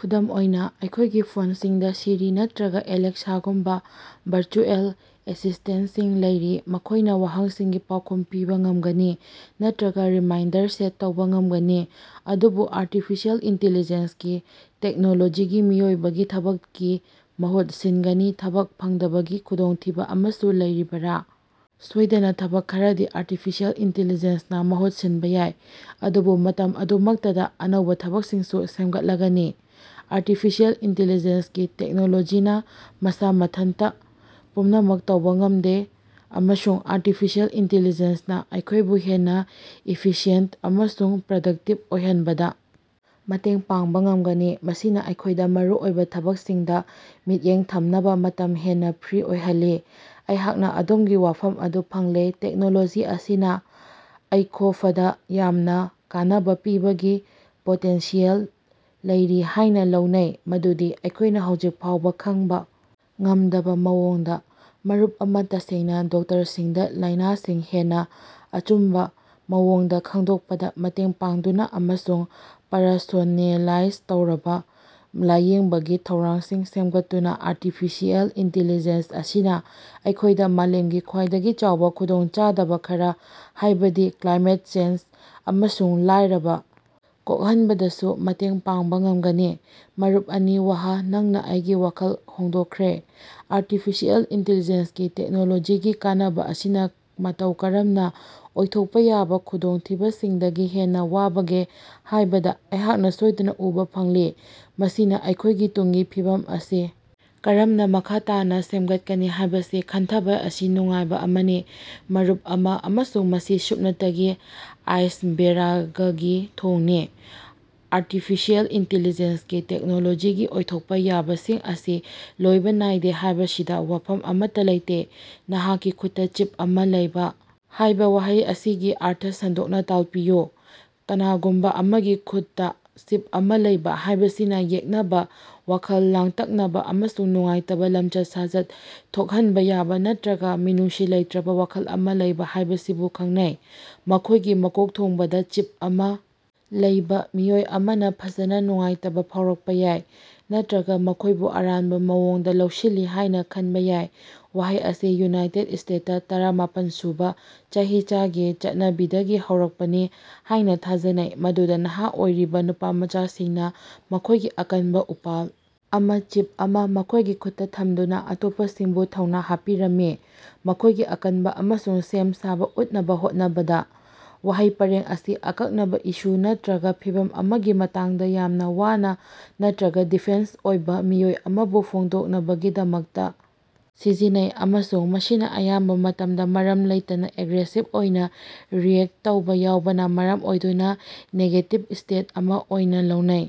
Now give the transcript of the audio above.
ꯈꯨꯗꯝ ꯑꯣꯏꯅ, ꯑꯩꯈꯣꯏꯒꯤ ꯐꯣꯟꯁꯤꯡꯗ ꯁꯤꯔꯤ ꯅꯠꯇ꯭ꯔꯒ ꯑꯦꯂꯦꯛꯁꯥꯒꯨꯝꯕ ꯚꯔꯆꯨꯑꯦꯜ ꯑꯦꯁꯤꯁ꯭ꯇꯦꯟꯇꯁꯤꯡ ꯂꯩꯔꯤ, ꯃꯈꯣꯢꯅ ꯋꯥꯍꯪꯁꯤꯡꯒꯤ ꯄꯥꯎꯈꯨꯝ ꯄꯤꯕ ꯉꯝꯒꯅꯤ ꯅꯠꯇ꯭ꯔꯒ ꯔꯤꯃꯥꯏꯟꯗꯔ ꯁꯦꯠ ꯇꯧꯕ ꯉꯝꯒꯅꯤ ꯫ ꯑꯗꯨꯕꯨ ꯑꯥꯔꯇꯤꯐꯤꯁꯤꯑꯦꯜ ꯏꯟꯇꯦꯂꯤꯖꯦꯟꯁꯒꯤ ꯇꯦꯛꯅꯣꯂꯣꯖꯤꯒꯤ ꯃꯤꯑꯣꯏꯕꯒꯤ ꯊꯕꯛꯀꯤ ꯃꯍꯨꯠ ꯁꯤꯟꯒꯅꯤ, ꯊꯕꯛ ꯐꯪꯗꯕꯒꯤ ꯈꯨꯗꯣꯡꯊꯤꯕ ꯑꯃꯁꯨ ꯂꯩꯔꯤꯕꯔꯥ? ꯁꯣꯏꯗꯅ ꯊꯕꯛ ꯈꯔꯗꯤ ꯑꯥꯔꯇꯤꯐꯤꯁꯤꯑꯦꯜ ꯏꯟꯇꯦꯂꯤꯖꯦꯟꯁꯅ ꯃꯍꯨꯠ ꯁꯤꯟꯕ ꯌꯥꯏ, ꯑꯗꯨꯕꯨ ꯃꯇꯝ ꯑꯗꯨꯃꯛꯇꯗ ꯑꯅꯧꯕ ꯊꯕꯛꯁꯤꯡꯁꯨ ꯁꯦꯝꯒꯠꯂꯒꯅꯤ꯫ ꯑꯥꯔꯇꯤꯐꯤꯁꯤꯑꯦꯜ ꯏꯟꯇꯦꯂꯤꯖꯦꯟꯁ ꯀꯤ ꯇꯦꯛꯅꯣꯂꯣꯖꯤꯅ ꯃꯁꯥ ꯃꯊꯟꯇ ꯄꯨꯝꯅꯃꯛ ꯇꯧꯕ ꯉꯝꯗꯦ ꯑꯃꯁꯨꯡ ꯑꯥꯔꯇꯤꯐꯤꯁꯤꯑꯦꯜ ꯏꯟꯇꯦꯂꯤꯖꯦꯟꯁ ꯅ ꯑꯩꯈꯣꯏꯕꯨ ꯍꯦꯟꯅ ꯏꯐꯤꯁꯤꯌꯦꯟꯇ ꯑꯃꯁꯨꯡ ꯄ꯭ꯔꯗꯛꯇꯤꯚ ꯑꯣꯏꯍꯟꯕꯗ ꯃꯇꯦꯡ ꯄꯥꯡꯕ ꯉꯝꯒꯅꯤ, ꯃꯁꯤꯅ ꯑꯩꯈꯣꯏꯗ ꯃꯔꯨꯑꯣꯏꯕ ꯊꯕꯛꯁꯤꯡꯗ ꯃꯤꯠꯌꯦꯡ ꯊꯝꯅꯕ ꯃꯇꯝ ꯍꯦꯟꯅ ꯐ꯭ꯔꯤ ꯑꯣꯏꯍꯜꯂꯤ꯫ ꯑꯩꯍꯥꯛꯅ ꯑꯗꯣꯝꯒꯤ ꯋꯥꯐꯝ ꯑꯗꯨ ꯐꯪꯂꯦ꯫ ꯇꯦꯛꯅꯣꯂꯣꯖꯤ ꯑꯁꯤꯅ ꯑꯩꯈꯣꯐꯗ ꯌꯥꯝꯅ ꯀꯥꯟꯅꯕ ꯄꯤꯕꯒꯤ ꯄꯣꯇꯦꯟꯁꯤꯌꯦꯜ ꯂꯩꯔꯤ ꯍꯥꯏꯅ ꯂꯧꯅꯩ ꯃꯗꯨꯗꯤ ꯑꯩꯈꯣꯏꯅ ꯍꯧꯖꯤꯛ ꯐꯥꯎꯕ ꯈꯪꯕ ꯉꯝꯗꯕ ꯃꯑꯣꯡꯗ꯫ ꯃꯔꯨꯞ ꯑꯃ ꯇꯁꯦꯡꯅ ꯗꯣꯛꯇꯔꯁꯤꯡꯗ ꯂꯥꯏꯅꯥꯁꯤꯡ ꯍꯦꯟꯅ ꯑꯆꯨꯝꯕ ꯃꯑꯣꯡꯗ ꯈꯪꯗꯣꯛꯄꯗ ꯃꯇꯦꯡ ꯄꯥꯡꯗꯨꯅ ꯑꯃꯁꯨꯡ ꯄꯔꯁꯣꯅꯦꯂꯥꯏꯖ ꯇꯧꯔꯕ ꯂꯥꯌꯦꯡꯕꯒꯤ ꯊꯧꯔꯥꯡꯁꯤꯡ ꯁꯦꯝꯒꯠꯇꯨꯅ ꯑꯥꯔꯇꯤꯐꯤꯁꯤꯑꯦꯜ ꯏꯟꯇꯦꯂꯤꯖꯦꯟꯁ ꯑꯁꯤꯅ ꯑꯩꯈꯣꯏꯗ ꯃꯥꯂꯦꯝꯒꯤ ꯈ꯭ꯋꯥꯏꯗꯒꯤ ꯆꯥꯎꯕ ꯈꯨꯗꯣꯡꯆꯥꯗꯕ ꯈꯔ ꯍꯥꯏꯕꯗꯤ ꯀ꯭ꯂꯥꯏꯃꯦꯠ ꯆꯦꯟꯖ ꯑꯃꯁꯨꯡ ꯂꯥꯏꯔꯕ ꯀꯣꯛꯍꯟꯕꯗꯁꯨ ꯃꯇꯦꯡ ꯄꯥꯡꯕ ꯉꯝꯒꯅꯤ꯫ ꯃꯔꯨꯞ ꯑꯅꯤ ꯋꯥꯍ, ꯅꯪꯅ ꯑꯩꯒꯤ ꯋꯥꯈꯜ ꯍꯣꯡꯗꯣꯛꯈ꯭ꯔꯦ꯫ ꯑꯥꯔꯇꯤꯐꯤꯁꯤꯑꯦꯜ ꯏꯟꯇꯦꯂꯤꯖꯦꯟꯁꯀꯤ ꯇꯦꯛꯅꯣꯂꯣꯖꯤꯒꯤ ꯀꯥꯟꯅꯕ ꯑꯁꯤꯅ ꯃꯇꯧ ꯀꯔꯝꯅ ꯑꯣꯏꯊꯣꯛꯄ ꯌꯥꯕ ꯈꯨꯗꯣꯡꯊꯤꯕꯁꯤꯡꯗꯒꯤ ꯍꯦꯟꯅ ꯋꯥꯕꯒꯦ ꯍꯥꯏꯕꯗ ꯑꯩꯍꯥꯛꯅ ꯁꯣꯏꯗꯅ ꯎꯕ ꯐꯪꯂꯤ꯫ ꯃꯁꯤꯅ ꯑꯩꯈꯣꯏꯒꯤ ꯇꯨꯡꯒꯤ ꯐꯤꯕꯝ ꯑꯁꯤ ꯀꯔꯝꯅ ꯃꯈ ꯇꯥꯅ ꯁꯦꯝꯒꯠꯀꯅꯤ ꯍꯥꯏꯕꯁꯤ ꯈꯟꯊꯕ ꯑꯁꯤ ꯅꯨꯡꯉꯥꯏꯕ ꯑꯃꯅꯤ꯫ ꯃꯔꯨꯞ ꯑꯃ ꯑꯃꯁꯨꯡ ꯃꯁꯤ ꯁꯨꯞꯅꯇꯒꯤ ꯑꯥꯏꯁꯕꯦꯔꯒꯀꯤ ꯊꯣꯡꯅꯤ꯫ ꯑꯥꯔꯇꯤꯐꯤꯁꯤꯑꯦꯜ ꯏꯟꯇꯦꯂꯤꯖꯦꯟꯁꯀꯤ ꯇꯦꯛꯅꯣꯂꯣꯖꯤꯒꯤ ꯑꯣꯏꯊꯣꯛꯄ ꯌꯥꯕꯁꯤꯡ ꯑꯁꯤ ꯂꯣꯏꯕ ꯅꯥꯏꯗꯦ ꯍꯥꯏꯕꯁꯤꯗ ꯋꯥꯐꯝ ꯑꯃꯠꯇ ꯂꯩꯇꯦ꯫ ꯅꯍꯥꯛꯀꯤ ꯈꯨꯠꯇ ꯆꯤꯞ ꯑꯃ ꯂꯩꯕ" ꯍꯥꯏꯕ ꯋꯥꯍꯩ ꯑꯁꯤꯒꯤ ꯑꯔꯊ ꯁꯟꯗꯣꯛꯅ ꯇꯥꯜꯄꯤꯌꯨ꯫ "ꯀꯅꯥꯒꯨꯝꯕ ꯑꯃꯒꯤ ꯈꯨꯠꯇ ꯆꯤꯞ ꯑꯃ ꯂꯩꯕ" ꯍꯥꯏꯕꯁꯤꯅ ꯌꯦꯛꯅꯕ, ꯋꯥꯈꯜ ꯂꯥꯡꯇꯛꯅꯕ ꯑꯃꯁꯨꯡ ꯅꯨꯡꯉꯥꯏꯇꯕ ꯂꯝꯆꯠ-ꯁꯥꯖꯠ ꯊꯣꯛꯍꯟꯕ ꯌꯥꯕ ꯅꯠꯇ꯭ꯔꯒ ꯃꯤꯅꯨꯡꯁꯤ ꯂꯩꯇ꯭ꯔꯕ ꯋꯥꯈꯜ ꯑꯃ ꯂꯩꯕ ꯍꯥꯏꯕꯁꯤꯕꯨ ꯈꯪꯅꯩ꯫ ꯃꯈꯣꯏꯒꯤ ꯃꯀꯣꯛꯊꯣꯡꯕꯗ ꯆꯤꯞ ꯑꯃ ꯂꯩꯕ ꯃꯤꯑꯣꯏ ꯑꯃꯅ ꯐꯖꯅ ꯅꯨꯡꯉꯥꯏꯇꯕ ꯐꯥꯎꯔꯛꯄ ꯌꯥꯏ ꯅꯠꯇ꯭ꯔꯒ ꯃꯈꯣꯏꯕꯨ ꯑꯔꯥꯟꯕ ꯃꯑꯣꯡꯗ ꯂꯧꯁꯤꯜꯂꯤ ꯍꯥꯏꯅ ꯈꯟꯕ ꯌꯥꯏ꯫ ꯋꯥꯍꯩ ꯑꯁꯤ ꯌꯨꯅꯥꯏꯇꯦꯗ ꯁ꯭ꯇꯦꯠꯇ ꯇꯔꯥꯃꯥꯄꯟ ꯁꯨꯕ ꯆꯍꯤꯆꯥꯒꯤ ꯆꯠꯅꯕꯤꯗꯒꯤ ꯍꯧꯔꯛꯄꯅꯤ ꯍꯥꯏꯅ ꯊꯥꯖꯅꯩ, ꯃꯗꯨꯗ ꯅꯍꯥ ꯑꯣꯏꯔꯤꯕ ꯅꯨꯄꯥꯃꯆꯥꯁꯤꯡꯅ ꯃꯈꯣꯏꯒꯤ ꯑꯀꯟꯕ ꯎꯄꯥꯜ ꯑꯃ (ꯆꯤꯞ ꯑꯃ) ꯃꯈꯣꯏꯒꯤ ꯈꯨꯠꯇ ꯊꯝꯗꯨꯅ ꯑꯇꯣꯞꯄꯁꯤꯡꯕꯨ ꯊꯧꯅ ꯍꯥꯞꯄꯤꯔꯝꯃꯤ, ꯃꯈꯣꯏꯒꯤ ꯑꯀꯟꯕ ꯑꯃꯁꯨꯡ ꯁꯦꯝ ꯁꯥꯕ ꯎꯠꯅꯕ ꯍꯣꯠꯅꯕꯗ꯫ ꯋꯥꯍꯩ ꯄꯔꯦꯡ ꯑꯁꯤ ꯑꯀꯛꯅꯕ ꯏꯁꯨ ꯅꯠꯇ꯭ꯔꯒ ꯐꯤꯚꯝ ꯑꯃꯒꯤ ꯃꯇꯥꯡꯗ ꯌꯥꯝꯅ ꯋꯥꯅ ꯅꯠꯇ꯭ꯔꯒ ꯗꯤꯐꯦꯟꯁ ꯑꯣꯏꯕ ꯃꯤꯑꯣꯏ ꯑꯃꯕꯨ ꯐꯣꯡꯗꯣꯛꯅꯕꯒꯤꯗꯃꯛꯇ ꯁꯤꯖꯤꯟꯅꯩ ꯑꯃꯁꯨꯡ ꯃꯁꯤꯅ ꯑꯌꯥꯝꯕ ꯃꯇꯝꯗ ꯃꯔꯝ ꯂꯩꯇꯅ ꯑꯦꯒ꯭ꯔꯦꯁꯤꯚ ꯑꯣꯏꯅ ꯔꯤꯑꯦꯛꯇ ꯇꯧꯕ ꯌꯥꯎꯕꯅ ꯃꯔꯝ ꯑꯣꯏꯗꯨꯅ ꯅꯦꯒꯦꯇꯤꯚ ꯁ꯭ꯇꯦꯠ ꯑꯃ ꯑꯣꯏꯅ ꯂꯧꯅꯩ꯫